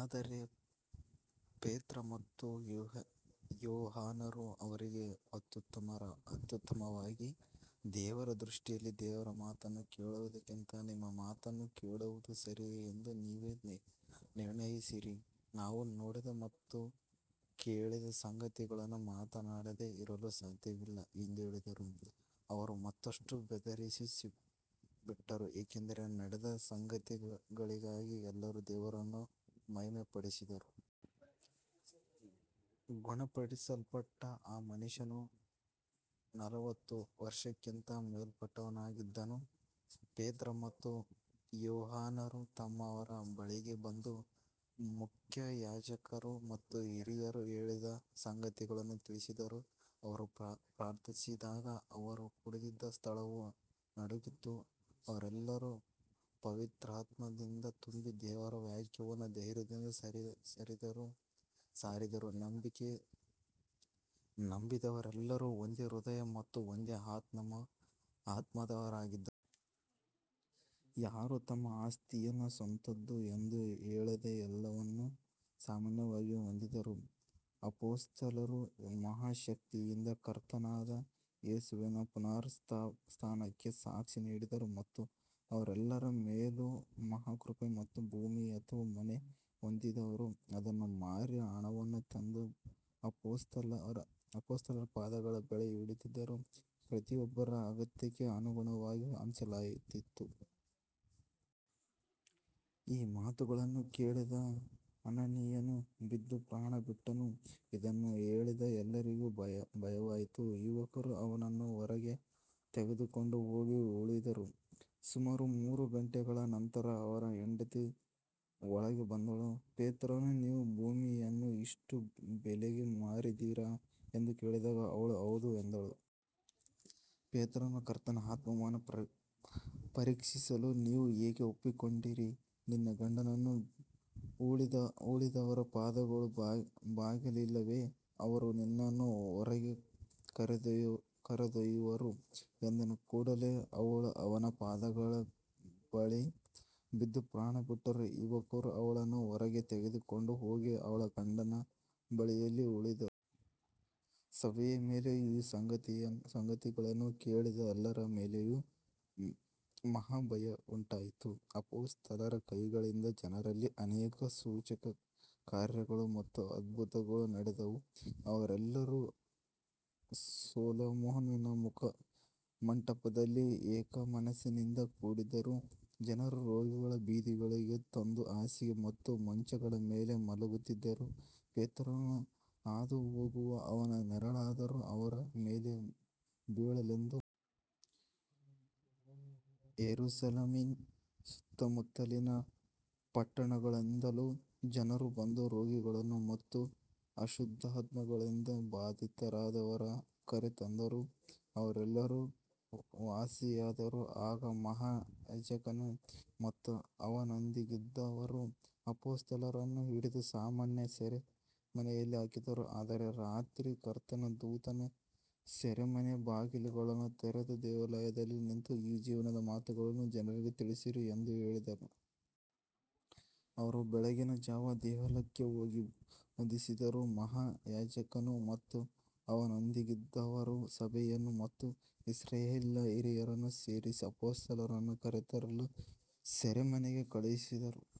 ಆದರೆ ಪೇತ್ರ ಮತ್ತು ಯಾಹೋ ಯೋಹಾನರು ಅವರಿಗೆ ಅತ್ಯುತ್ತರವಾಗಿ, ದೇವರ ದೃಷ್ಟಿಯಲ್ಲಿ ದೇವರ ಮಾತನ್ನು ಕೇಳುವುದಕ್ಕಿಂತ ನಿಮ್ಮ ಮಾತನ್ನು ಕೇಳುವುದು ಸರಿಯೇ ಎಂದು ನೀವೇ ನಿರ್ಣಯಿಸಿರಿ. ನಾವು ನೋಡಿದ ಮತ್ತು ಕೇಳಿದ ಸಂಗತಿಗಳನ್ನು ಮಾತನಾಡದೆ ಇರಲು ಸಾಧ್ಯವಿಲ್ಲ ಎಂದು ಹೇಳಿದರು. ಅವರು ಮತ್ತಷ್ಟು ಬೆದರಿಸಿ ಬಿಟ್ಟರು, ಏಕೆಂದರೆ ನಡೆದ ಸಂಗತಿಗಾಗಿ ಎಲ್ಲರೂ ದೇವರನ್ನು ಮಹಿಮೆಪಡಿಸಿದರು. ಗುಣಪಡಿಸಲ್ಪಟ್ಟ ಆ ಮನುಷ್ಯನು ನಲವತ್ತು ವರ್ಷಕ್ಕಿಂತ ಮೇಲ್ಪಟ್ಟವನಾಗಿದ್ದನು. ಪೇತ್ರ ಮತ್ತು ಯೋಹಾನರು ತಮ್ಮವರ ಬಳಿಗೆ ಬಂದು ಮುಖ್ಯಯಾಜಕರು ಮತ್ತು ಹಿರಿಯರು ಹೇಳಿದ ಸಂಗತಿಗಳನ್ನು ತಿಳಿಸಿದರು. ಅವರು ಪ್ರಾರ್ಥಿಸಿದಾಗ ಅವರು ಕೂಡಿದ್ದ ಸ್ಥಳವು ನಡುಗಿತು, ಅವರೆಲ್ಲರೂ ಪವಿತ್ರಾತ್ಮದಿಂದ ತುಂಬಿ ದೇವರ ವಾಕ್ಯವನ್ನು ಧೈರ್ಯದಿಂದ ಸಾರಿದರು. ನಂಬಿದವರೆಲ್ಲರೂ ಒಂದೇ ಹೃದಯ ಮತ್ತು ಒಂದೇ ಆತ್ಮದವರಾಗಿದ್ದರು. ಯಾರೂ ತಮ್ಮ ಆಸ್ತಿಯನ್ನು ಸ್ವಂತದ್ದು ಎಂದು ಹೇಳದೆ ಎಲ್ಲವನ್ನೂ ಸಾಮಾನ್ಯವಾಗಿ ಹೊಂದಿದ್ದರು. ಅಪೊಸ್ತಲರು ಮಹಾಶಕ್ತಿಯಿಂದ ಕರ್ತನಾದ ಯೇಸುವಿನ ಪುನರುತ್ಥಾನಕ್ಕೆ ಸಾಕ್ಷಿ ನೀಡಿದರು ಮತ್ತು ಅವರೆಲ್ಲರ ಮೇಲೂ ಮಹಾಕೃಪೆ ಇತ್ತು. ಭೂಮಿ ಅಥವಾ ಮನೆ ಹೊಂದಿದ್ದವರು ಅದನ್ನು ಮಾರಿ ಹಣವನ್ನು ತಂದು ಅಪೊಸ್ತಲರ ಪಾದಗಳ ಬಳಿ ಇಡುತ್ತಿದ್ದರು, ಪ್ರತಿಯೊಬ್ಬರ ಅಗತ್ಯಕ್ಕೆ ಅನುಗುಣವಾಗಿ ಹಂಚಲಾಗುತ್ತಿತ್ತು. ಈ ಮಾತುಗಳನ್ನು ಕೇಳಿದ ಅನನೀಯನು ಬಿದ್ದು ಪ್ರಾಣಬಿಟ್ಟನು. ಇದನ್ನು ಕೇಳಿದ ಎಲ್ಲರಿಗೂ ಭಯವಾಯಿತು. ಯುವಕರು ಅವನನ್ನು ಹೊರಗೆ ತೆಗೆದುಕೊಂಡು ಹೋಗಿ ಹೂಳಿದರು. ಸುಮಾರು ಮೂರು ಗಂಟೆಗಳ ನಂತರ ಅವನ ಹೆಂಡತಿ ಒಳಗೆ ಬಂದಳು. ಪೇತ್ರನು, ನೀವು ಭೂಮಿಯನ್ನು ಇಷ್ಟು ಬೆಲೆಗೆ ಮಾರಿದಿರಾ ಎಂದು ಕೇಳಿದಾಗ ಅವಳು ಹೌದು ಎಂದಳು. ಪೇತ್ರನು, ಕರ್ತನ ಆತ್ಮವನ್ನು ಪರೀಕ್ಷಿಸಲು ನೀವು ಏಕೆ ಒಪ್ಪಿಕೊಂಡಿರಿ, ನಿನ್ನ ಗಂಡನನ್ನು ಹೂಳಿದವರ ಪಾದಗಳು ಬಾಗಿಲಲ್ಲಿವೆ, ಅವರು ನಿನ್ನನ್ನೂ ಹೊರಗೆ ಕರೆದೊಯ್ಯುವರು ಎಂದನು. ಕೂಡಲೇ ಅವಳು ಅವನ ಪಾದಗಳ ಬಳಿ ಬಿದ್ದು ಪ್ರಾಣಬಿಟ್ಟಳು. ಯುವಕರು ಅವಳನ್ನು ಹೊರಗೆ ತೆಗೆದುಕೊಂಡು ಹೋಗಿ ಅವಳ ಗಂಡನ ಬಳಿಯಲ್ಲಿ ಹೂಳಿದರು. ಸಭೆಯ ಮೇಲೆಯೂ ಈ ಸಂಗತಿಗಳನ್ನು ಕೇಳಿದ ಎಲ್ಲರ ಮೇಲೆಯೂ ಮಹಾಭಯ ಉಂಟಾಯಿತು. ಅಪೊಸ್ತಲರ ಕೈಗಳಿಂದ ಜನರಲ್ಲಿ ಅನೇಕ ಸೂಚಕಕಾರ್ಯಗಳು ಮತ್ತು ಅದ್ಭುತಗಳು ನಡೆದವು. ಅವರೆಲ್ಲರೂ ಸೊಲೊಮೋನನ ಮುಖಮಂಟಪದಲ್ಲಿ ಏಕಮನಸ್ಸಿನಿಂದ ಕೂಡಿದ್ದರು. ಜನರು ರೋಗಿಗಳನ್ನು ಬೀದಿಗಳಿಗೆ ತಂದು ಹಾಸಿಗೆ ಮತ್ತು ಮಂಚಗಳ ಮೇಲೆ ಮಲಗಿಸುತ್ತಿದ್ದರು, ಪೇತ್ರನು ಹಾದುಹೋಗುವಾಗ ಅವನ ನೆರಳಾದರೂ ಅವರ ಮೇಲೆ ಬೀಳಲೆಂದು. ಯೆರೂಸಲೇಮಿನ ಸುತ್ತಮುತ್ತಲಿನ ಪಟ್ಟಣಗಳಿಂದಲೂ ಜನರು ಬಂದು ರೋಗಿಗಳನ್ನು ಮತ್ತು ಅಶುದ್ಧಾತ್ಮಗಳಿಂದ ಬಾಧಿತರಾದವರನ್ನು ಕರೆತಂದರು, ಅವರೆಲ್ಲರೂ ವಾಸಿಯಾದರು. ಆಗ ಮಹಾಯಾಜಕನು ಮತ್ತು ಅವನೊಂದಿಗಿದ್ದವರು ಅಪೊಸ್ತಲರನ್ನು ಹಿಡಿದು ಸಾಮಾನ್ಯ ಸೆರೆಮನೆಯಲ್ಲಿ ಹಾಕಿದರು. ಆದರೆ ರಾತ್ರಿ ಕರ್ತನ ದೂತನು ಸೆರೆಮನೆಯ ಬಾಗಿಲುಗಳನ್ನು ತೆರೆದು, ದೇವಾಲಯದಲ್ಲಿ ನಿಂತು ಈ ಜೀವದ ಮಾತುಗಳನ್ನು ಜನರಿಗೆ ತಿಳಿಸಿರಿ ಎಂದು ಹೇಳಿದನು. ಅವರು ಬೆಳಗಿನ ಜಾವ ದೇವಾಲಯಕ್ಕೆ ಹೋಗಿ ಬೋಧಿಸಿದರು. ಮಹಾಯಾಜಕನು ಮತ್ತು ಅವನೊಂದಿಗಿದ್ದವರು ಸಭೆಯನ್ನು ಮತ್ತು ಇಸ್ರಾಯೇಲಿನ ಹಿರಿಯರನ್ನು ಸೇರಿಸಿ ಅಪೊಸ್ತಲರನ್ನು ಕರೆತರಲು ಸೆರೆಮನೆಗೆ ಕಳುಹಿಸಿದರು.